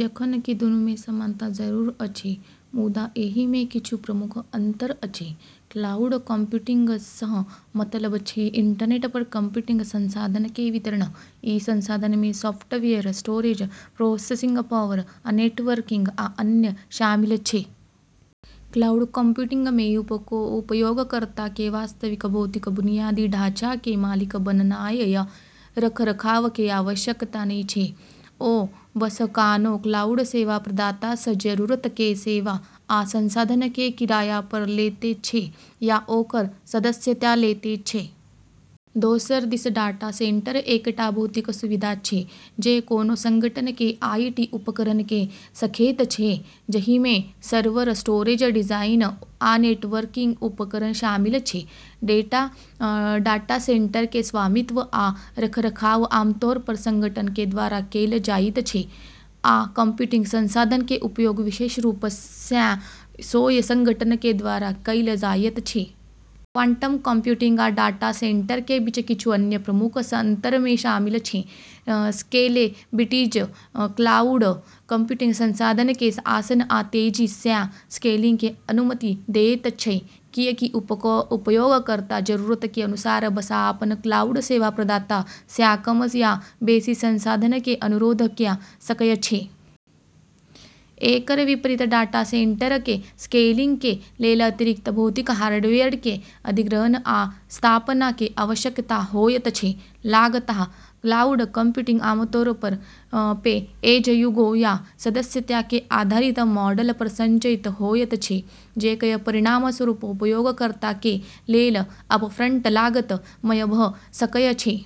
जखन कि दुनू मे समानता जरूर अछि, मुदा एहि मे किछु प्रमुख अंतर अछि। क्लाउड कंप्यूटिंग सँ मतलब छै इंटरनेट पर कंप्यूटिंग संसाधन के वितरण। ई संसाधन मे सॉफ्टवेयर, स्टोरेज, प्रोसेसिंग पावर, आ नेटवर्किंग, आ अन्य शामिल छै। क्लाउड कंप्यूटिंग मे, उपयोगकर्ता के वास्तविक भौतिक बुनियादी ढाँचा के मालिक बननाय या रखरखाव के आवश्यकता नहि छै; ओ बस कोनों क्लाउड सेवा प्रदाता सँ जरूरत के सेवा आ संसाधन के किराया पर लैत छै या ओकर सदस्यता लैत छै। दोसर दिस, डाटा सेंटर एकटा भौतिक सुविधा छै जे कोनों संगठन के आईटी उपकरण के रखैत छै, जहि मे सर्वर, स्टोरेज डिवाइस आ नेटवर्किंग उपकरण शामिल छै। डाटा सेंटर के स्वामित्व आ रखरखाव आमतौर पर संगठन के द्वारा कैल जाइत छै, आ कंप्यूटिंग संसाधन के उपयोग विशेष रूप सँ ओय संगठन के द्वारा कैल जाइत छै। क्वांटम कंप्यूटिंग आ डाटा सेंटर के बीच किछु अन्य प्रमुख अंतर मे शामिल छै: स्केलेबिलिटी: क्लाउड कंप्यूटिंग संसाधन के आसान आ तेजी सँ स्केलिंग के अनुमति देयत छै, कियाकि उपयोगकर्ता जरूरत के अनुसार बस अपन क्लाउड सेवा प्रदाता सँ कम या बेसि संसाधन के अनुरोध कऽ सकय छै। एकर विपरीत, डाटा सेंटर मे स्केलिंग के लेल अतिरिक्त भौतिक हार्डवेयर के अधिग्रहण आ स्थापना के आवश्यकता होयत छै। लागत: क्लाउड कंप्यूटिंग आमतौर पर पे-एज-यू-गो या सदस्यता आधारित मॉडल पर संचालित होयत छै, जेकर परिणामस्वरूप उपयोगकर्ता के लेल अपफ्रंट लागत कम भऽ सकय छै।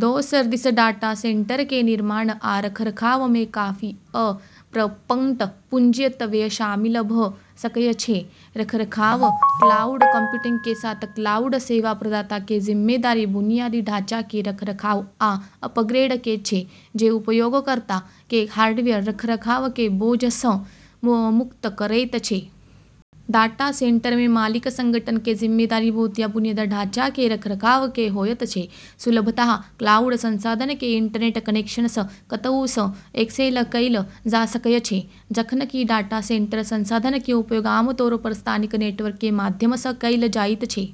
दोसर दिस डाटा सेंटर के निर्माण आ रखरखाव मे काफी अपफ्रंट पूंजीगत व्यय शामिल भऽ सकय छै। रखरखाव: क्लाउड कंप्यूटिंग के साथ क्लाउड सेवा प्रदाता के जिम्मेदारी बुनियादी ढाँचा के रखरखाव आ अपग्रेड के छै, जे उपयोगकर्ता के हार्डवेयर रखरखाव के बोझ सँ मुक्त करैत छै। डाटा सेंटर मे मालिक संगठन के जिम्मेदारी भौतिक बुनियादी ढाँचा के रखरखाव के होयत छै। सुलभता: क्लाउड संसाधन के इंटरनेट कनेक्शन सँ कतहु सँ एक्सेस कैल जा सकय छै, जखन कि डाटा सेंटर संसाधन के उपयोग आमतौर पर स्थानीय नेटवर्क के माध्यम सँ कैल जाइत छै।